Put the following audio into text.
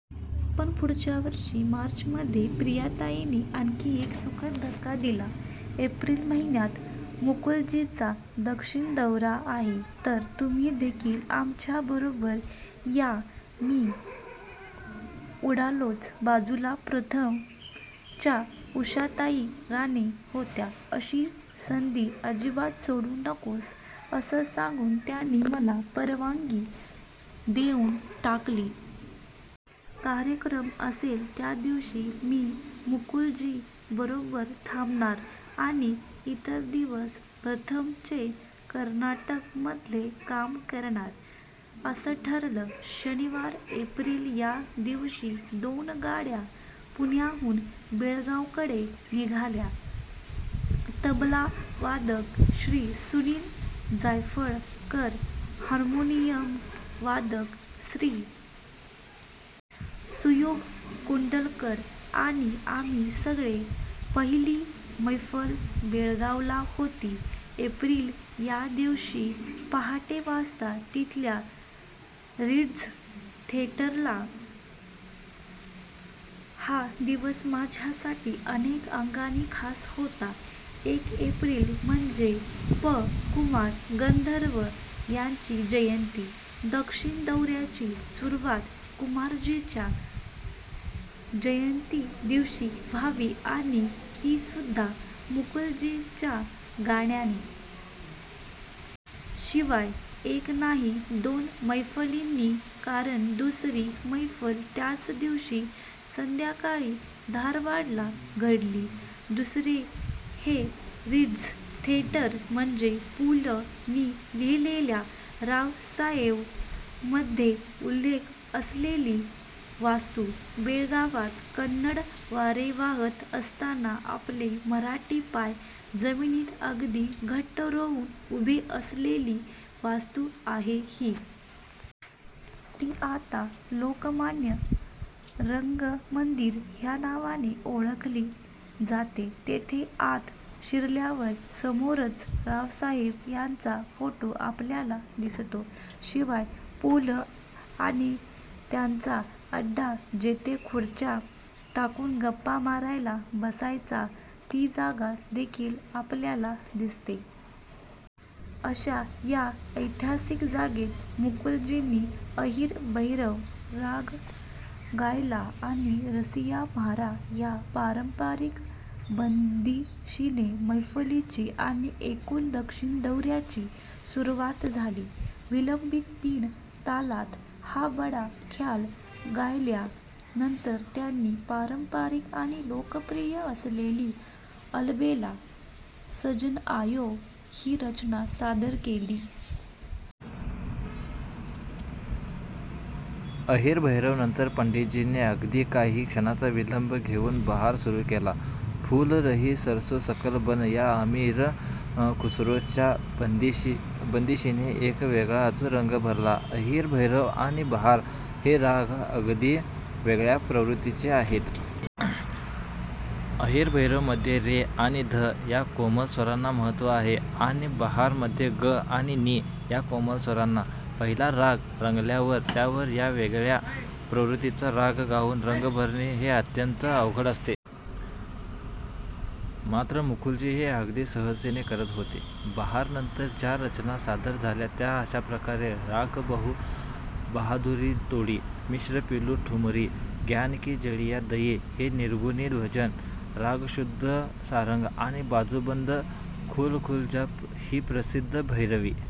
पण पुढच्या वर्षी मार्च मध्ये प्रियाताईंनी आणखी एक सुखद धक्का दिला. "एप्रिल महिन्यात मुकुलजींचा दक्षिण दौरा आहे. तर तुम्ही देखील आमच्या बरोबर या. " मी उडालोच! बाजूला 'प्रथम'च्या उषाताई राणे होत्या. "अशी संधी अजिबात सोडू नकोस", असं सांगून त्यांनी मला परवानगी देऊन टाकली! कार्यक्रम असेल त्यादिवशी मी मुकुलजीं बरोबर थांबणार आणि इतर दिवस 'प्रथम'चे कर्नाटक मधले काम पाहणार असं ठरलं. शनिवार एप्रिल या दिवशी दोन गाड्या पुण्याहून बेळगावकडे निघाल्या. तबलावादक श्री. सुनील जायफळकर, हार्मोनियम वादक श्री. सुयोग कुंडलकर आणि आम्ही सगळे. पहिली मैफल बेळगावला होती. एप्रिल या दिवशी पहाटे वाजता. तिथल्या रिट्झ थिएटरला. हा दिवस माझ्यासाठी अनेक अंगांनी खास होता. एक, एप्रिल म्हणजे पं. कुमार गंधर्व यांची जयंती. दक्षिण दौऱ्याची सुरुवात कुमारजींच्या जयंती दिवशी व्हावी आणि ती सुद्धा मुकुलजींच्या गाण्याने! शिवाय, एक नाही दोन मैफलींनी कारण दुसरी मैफल त्याच दिवशी संध्याकाळी धारवाडला घडली. दुसरे, हे रिट्झ थिएटर म्हणजे पु. लं नी लिहिलेल्या 'रावसाहेव' मध्ये उल्लेख असलेली वास्तू. बेळगावात कन्नड वारे वाहत असताना आपले मराठी पाय जमिनीत अगदी घट्ट रोवून उभी असलेली वास्तू आहे ही. ती आता लोकमान्य रंगमंदिर ह्या नावाने ओळखले जाते. तिथे आत शिरल्यावर समोरच 'रावसाहेब' यांचा फोटो आपल्याला दिसतो. शिवाय पु. लं आणि त्यांचा अड्डा जिथे खुर्च्या टाकून गप्पा मारायला बसायचा ती जागा देखील आपल्याला दिसते. अशा या ऐतिहासिक जागेत मुकुलजींनी 'अहिर भैरव' राग गायला आणि 'रसिया म्हारा' या पारंपरिक बंदिशीने मैफलीची आणि एकूण दक्षिण दौऱ्याची सुरुवात झाली. विलंबीत तीन तालात हा बडा ख्याल गायल्या नंतर त्यांनी पारंपरिक आणि लोकप्रिय असलेली 'अलबेला सजन आयो' ही रचना सादर केली. 'अहिर भैरव' नंतर पंडितजींनी अगदी काही क्षणांचा विलंब घेऊन 'बहार' सुरु केला. 'फुल रही सरसो सकल बन' या आमिर खुसरोंच्या बंदिशीने एक वेगळाच रंग भरला! अहिर भैरव आणि बहार हे राग अगदी वेगळ्या प्रवृत्तीचे आहेत. 'अहिर भैरव' मध्ये रे आणि ध या कोमल स्वरांना महत्व आहे आणि 'बहार' मध्ये ग आणि नी या कोमल स्वरांना! पहिला राग रंगल्यावर त्यावर या वेगळ्या प्रवृत्तीच्या राग गाऊन रंग भरणे हे अत्यंत अवघड असते. मात्र मुकुलजी हे अगदी सहजतेने करत होते. 'बहार' नंतर ज्या रचना सादर झाल्या त्या अशाप्रकारे राग बहादुरी तोडी, मिश्र पिलू ठुमरी, 'ग्यान की जडिया दयी' हे निर्गुणी भजन, राग शुद्ध सारंग आणि 'बाजू बंद खुल खुल जा' ही प्रसिद्ध भैरवी.